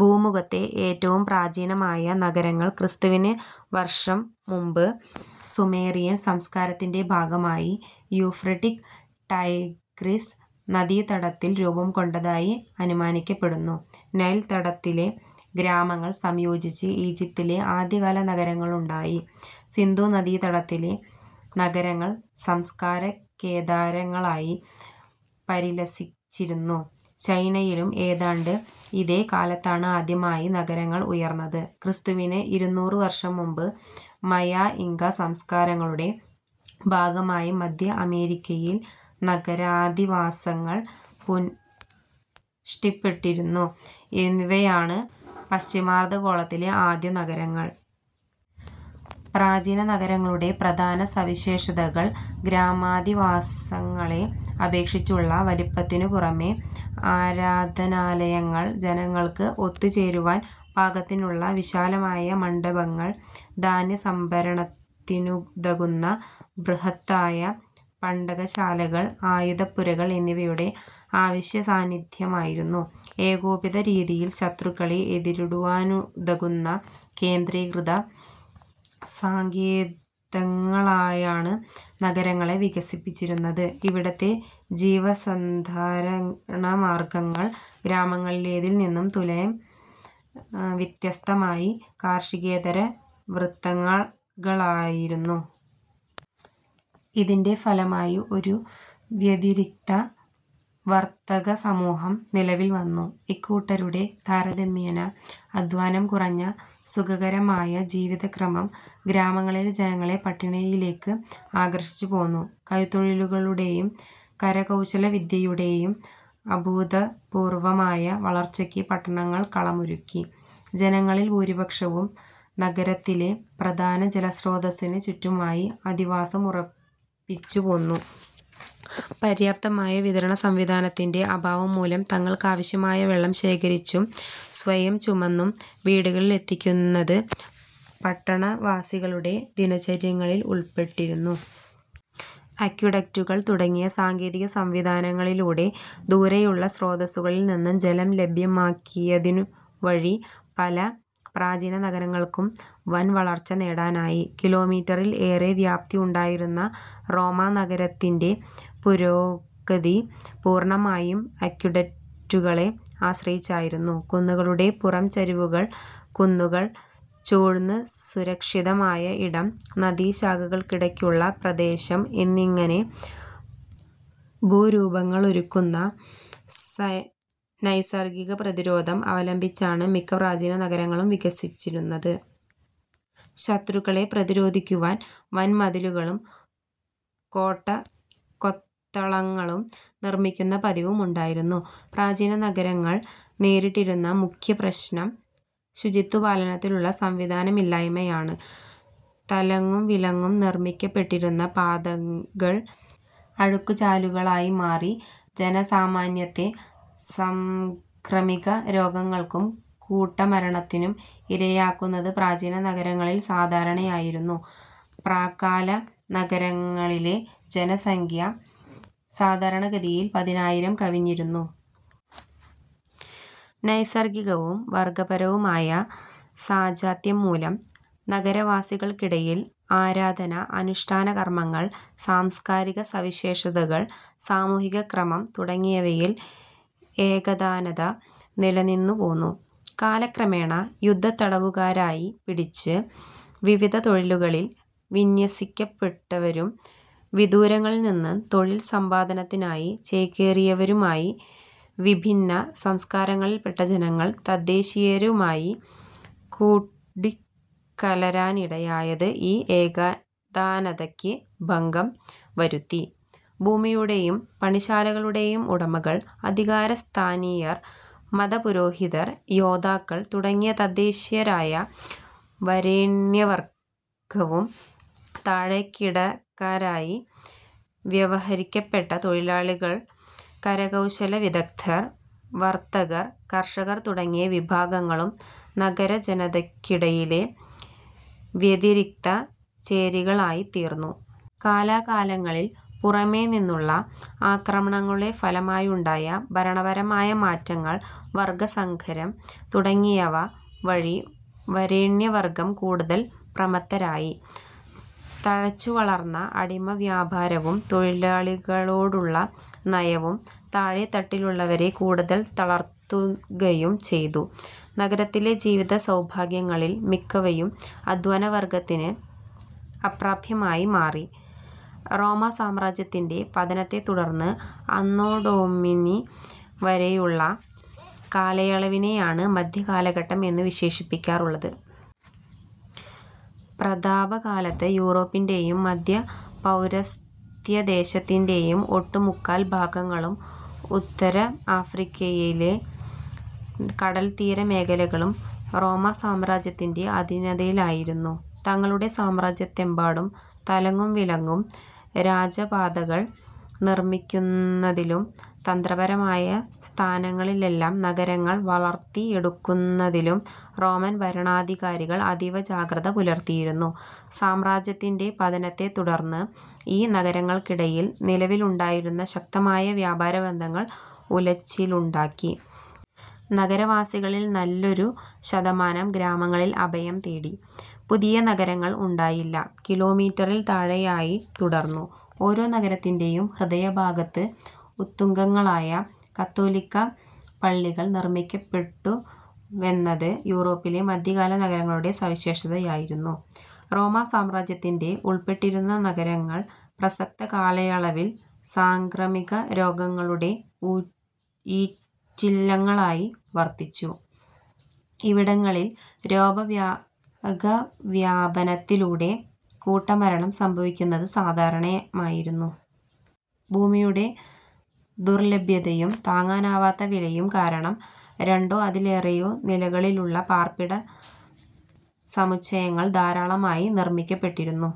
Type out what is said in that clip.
ഭൂമുഖത്തെ ഏറ്റവും പ്രാചീനമായ നഗരങ്ങൾ ക്രിസ്തുവിന് വർഷം മുമ്പ് സുമേറിയൻ സംസ്കാരത്തിന്റെ ഭാഗമായി യൂഫ്രടിസ്-ടൈഗ്രിസ് നദീതടത്തിൽ രൂപംകൊണ്ടതായി അനുമാനിക്കപ്പെടുന്നു. നൈൽതടത്തിലെ ഗ്രാമങ്ങൾ സംയോജിച്ച് ഈജിപ്തിലെ ആദ്യകാല നഗരങ്ങളുണ്ടായി. സിന്ധുനദീതടത്തിലെ നഗരങ്ങൾ സംസ്കാരകേദാരങ്ങളായി പരിലസിച്ചിരുന്നു. ചൈനയിലും ഏതാണ്ട് ഇതേ കാലത്താണ് ആദ്യമായി നഗരങ്ങൾ ഉയർന്നത്. ക്രിസ്തുവിന് ഇരുനൂറ് വർഷം മുമ്പ് മയാ-ഇങ്കാ സംസ്കാരങ്ങളുടെ ഭാഗമായി മധ്യഅമേരിക്കയിൽ നഗരാധിവാസങ്ങൾ പുൻ പുഷ്ടിപ്പെട്ടിരുന്നു എന്നിവയാണ് പശ്ചിമാർധഗോളത്തിലെ ആദ്യ നഗരങ്ങൾ. പ്രാചീന നഗരങ്ങളുടെ പ്രധാന സവിശേഷതകൾ ഗ്രാമാധിവാസങ്ങളെ അപേക്ഷിച്ചുള്ള വലിപ്പത്തിനു പുറമേ, ആരാധനാലയങ്ങൾ, ജനങ്ങൾക്ക് ഒത്തുചേരുവാൻപാകത്തിലുള്ള വിശാലമായ മണ്ഡപങ്ങൾ, ധാന്യസംഭരണത്തിനുതകുന്ന ബൃഹത്തായ പണ്ടകശാലകൾ, ആയുധപ്പുരകൾ എന്നിവയുടെ അവശ്യസാന്നിധ്യമായിരുന്നു. ഏകോപിത രീതിയിൽ ശത്രുക്കളെ എതിരിടുവാനുതകുന്ന കേന്ദ്രീകൃത സങ്കേതങ്ങളായാണ് നഗരങ്ങളെ വികസിപ്പിച്ചിരുന്നത്. ഇവിടത്തെ ജീവസന്ധാരണമാർഗങ്ങൾ ഗ്രാമങ്ങളിലേതിൽനിന്ന് തുലോം വ്യത്യസ്തമായി കാർഷികേതര വൃത്തങ്ങൾ കളായിരുന്നു. ഇതിന്റെ ഫലമായി ഒരു വ്യതിരിക്ത വർത്തകസമൂഹം നിലവിൽവന്നു. ഇക്കൂട്ടരുടെ, താരതമ്യേന അധ്വാനം കുറഞ്ഞ സുഖകരമായ ജീവിതക്രമം ഗ്രാമങ്ങളിലെ ജനങ്ങളെ പട്ടിണിയിലേക്ക് ആകർഷിച്ചുപോന്നു. കൈത്തൊഴിലുകളുടെയും കരകൗശലവിദ്യയുടെയും അഭൂതപൂർവമായ വളർച്ചയ്ക്ക് പട്ടണങ്ങൾ കളമൊരുക്കി. ജനങ്ങളിൽ ഭൂരിപക്ഷവും നഗരത്തിലെ പ്രധാന ജലസ്രോതസ്സിനു ചുറ്റുമായി അധിവാസം ഉറപ്പിച്ചുപോന്നു. പര്യാപ്തമായ വിതരണസംവിധാനത്തിന്റെ അഭാവംമൂലം തങ്ങൾക്കാവശ്യമായ വെള്ളം ശേഖരിച്ചും സ്വയം ചുമന്നും വീടുകളിലെത്തിക്കുന്നത് പട്ടണവാസികളുടെ ദിനചര്യങ്ങളിൽ ഉൾപ്പെട്ടിരുന്നു. അക്വിഡക്റ്റുകൾ തുടങ്ങിയ സാങ്കേതിക സംവിധാനങ്ങളിലൂടെ ദൂരെയുള്ള സ്രോതസ്സുകളിൽനിന്ന് ജലം ലഭ്യമാക്കിയതുവഴി പല പ്രാചീന നഗരങ്ങൾക്കും വൻ വളർച്ച നേടാനായി. കിലോമീറ്ററിൽ ഏറേ വ്യാപ്തി ഉണ്ടായിരുന്ന റോമാനഗരത്തിന്റെ പുരോഗതി പൂർണമായും അക്വിഡക്റ്റുകളെ ആശ്രയിച്ചായിരുന്നു. കുന്നുകളുടെ പുറംചരിവുകൾ, കുന്നുകൾ ചൂഴ്ന്ന് സുരക്ഷിതമായ ഇടം, നദീശാഖകൾക്കിടയ്ക്കുള്ള പ്രദേശം എന്നിങ്ങനെ ഭൂരൂപങ്ങളൊരുക്കുന്ന സൈ നൈസർഗിക പ്രതിരോധം അവലംബിച്ചാണ് മിക്ക പ്രാചീന നഗരങ്ങളും വികസിച്ചിരുന്നത്. ശത്രുക്കളെ പ്രതിരോധിക്കുവാൻ വൻ മതിലുകളും കോട്ടകൊത്തളങ്ങളും നിർമ്മിക്കുന്ന പതിവും ഉണ്ടായിരുന്നു. പ്രാചീന നഗരങ്ങൾ നേരിട്ടിരുന്ന മുഖ്യ പ്രശ്നം ശുചിത്വപാലനത്തിനുള്ള സംവിധാനമില്ലായ്മയാണ്. തലങ്ങും വിലങ്ങും നിർമ്മിക്കപ്പെട്ടിരുന്ന പാതകൾ അഴുക്കുചാലുകളായിമാറി ജനസാമാന്യത്തെ സാംക്രമിക രോഗങ്ങൾക്കും കൂട്ടമരണത്തിനും ഇരയാക്കുന്നത് പ്രാചീന നഗരങ്ങളിൽ സാധാരണയായിരുന്നു. പ്രാക്കാല നഗരങ്ങളിലെ ജനസംഖ്യ സാധാരണ ഗതിയിൽ പതിനായിരം കവിഞ്ഞിരുന്നില്ല. നൈസർഗികവും വർഗപരവുമായ സാജാത്യംമൂലം നഗരവാസികൾക്കിടയിൽ ആരാധന, അനുഷ്ഠാനകർമങ്ങൾ, സാംസ്കാരിക സവിശേഷതകൾ, സാമൂഹിക ക്രമം തുടങ്ങിയവയിൽ ഏകതാനത നിലനിന്നുപോന്നു. കാലക്രമേണ, യുദ്ധത്തടവുകാരായി പിടിച്ച്, വിവിധ തൊഴിലുകളിൽ വിന്യസിക്കപ്പെട്ടവരും വിദൂരങ്ങളിൽനിന്ന് തൊഴിൽ സമ്പാദനത്തിനായി ചേക്കേറിയവരുമായി വിഭിന്ന സംസ്കാരങ്ങളിൽപ്പെട്ട ജനങ്ങൾ തദ്ദേശീയരുമായി കൂടിക്കലരാനിടയായത് ഈ ഏകതാനതയ്ക്ക് ഭംഗം വരുത്തി. ഭൂമിയുടെയും പണിശാലകളുടെയും ഉടമകൾ, അധികാരസ്ഥാനീയർ, മതപുരോഹിതർ, യോദ്ധാക്കൾ തുടങ്ങിയ തദ്ദേശീയരായ വരേണ്യവർഗവും താഴേക്കിടക്കാരായി വ്യവഹരിക്കപ്പെട്ട തൊഴിലാളികൾ, കരകൗശലവിദഗ്ദ്ധർ, വർത്തകർ, കർഷകർ തുടങ്ങിയ വിഭാഗങ്ങളും നഗരജനതയ്ക്കിടയിലെ വ്യതിരിക്ത ചേരികളായിത്തീർന്നു. കാലാകാലങ്ങളിൽ പുറമേനിന്നുള്ള ആക്രമണങ്ങളുടെ ഫലമായുണ്ടായ ഭരണപരമായ മാറ്റങ്ങൾ, വർഗസങ്കരം തുടങ്ങിയവ വഴി വരേണ്യവർഗം കൂടുതൽ പ്രമത്തരായി. തഴച്ചുവളർന്ന അടിമവ്യാപാരവും തൊഴിലാളികളോടുള്ള നയവും താഴേത്തട്ടിലുള്ളവരെ കൂടുതൽ തളർത്തുകയും ചെയ്തു. നഗരത്തിലെ ജീവിതസൗഭാഗ്യങ്ങളിൽ മിക്കവയും അധ്വാനവർഗത്തിന് അപ്രാപ്യമായി മാറി. റോമാസാമ്രാജ്യത്തിന്റെ പതനത്തെത്തുടർന്ന് അന്നോടൊമിനി വരെയുള്ള കാലയളവിനെയാണ് മധ്യകാലഘട്ടം എന്നു വിശേഷിപ്പിക്കാറുള്ളത്. പ്രതാപകാലത്ത് യൂറോപ്പിന്റെയും മധ്യ പൗരസ്ത്യദേശത്തിന്റെയും ഒട്ടുമുക്കാൽ ഭാഗങ്ങളും ഉത്തര ആഫ്രിക്കയിലെ കടൽത്തീരമേഖലകളും റോമാസാമ്രാജ്യത്തിന്റെ അധീനതയിലായിരുന്നു. തങ്ങളുടെ സാമ്രാജ്യത്തെമ്പാടും തലങ്ങും വിലങ്ങും രാജപാതകൾ നിർമ്മിക്കുന്നതിലും തന്ത്രപരമായ സ്ഥാനങ്ങളിലെല്ലാം നഗരങ്ങൾ വളർത്തിയെടുക്കുന്നതിലും റോമൻ ഭരണാധികാരികൾ അതീവ ജാഗ്രത പുലർത്തിയിരുന്നു. സാമ്രാജ്യത്തിന്റെ പതനത്തെത്തുടർന്ന് ഈ നഗരങ്ങൾക്കിടയിൽ നിലവിലുണ്ടായിരുന്ന ശക്തമായ വ്യാപാരബന്ധത്തിൽ ഉലച്ചിലുണ്ടാക്കി നഗരവാസികളിൽ നല്ലൊരു ശതമാനം ഗ്രാമങ്ങളിൽ അഭയം തേടി. പുതിയ നഗരങ്ങൾ ഉണ്ടായില്ല. കിലോമീറ്ററിൽ താഴെയായി തുടർന്നു. ഓരോ നഗരത്തിന്റെയും ഹൃദയഭാഗത്ത് ഉത്തുംഗങ്ങളായ കത്തോലിക്കാപ്പള്ളികൾ നിർമ്മിക്കപ്പെട്ടുവെന്നത് യൂറോപ്പിലെ മധ്യകാല നഗരങ്ങളുടെ സവിശേഷതയായിരുന്നു. റോമാസാമ്രാജ്യത്തിൽ ഉൾപ്പെട്ടിരുന്ന നഗരങ്ങൾ പ്രസക്ത കാലയളവിൽ സാംക്രമികരോഗങ്ങളുടെ ഉ ഈറ്റില്ലങ്ങളായി വർത്തിച്ചു. ഇവിടങ്ങളിൽ രോഗവ്യ രോഗവ്യാപനത്തിലൂടെ കൂട്ടമരണം സംഭവിക്കുന്നത് സാധാരണമായിരുന്നു. ഭൂമിയുടെ ദുർലഭ്യതയും താങ്ങാനാവാത്ത വിലയും കാരണം, രണ്ടോ അതിലേറെയോ നിലകളിലുള്ള പാർപ്പിടസമുച്ചയങ്ങൾ ധാരാളമായി നിർമ്മിക്കപ്പെട്ടിരുന്നു.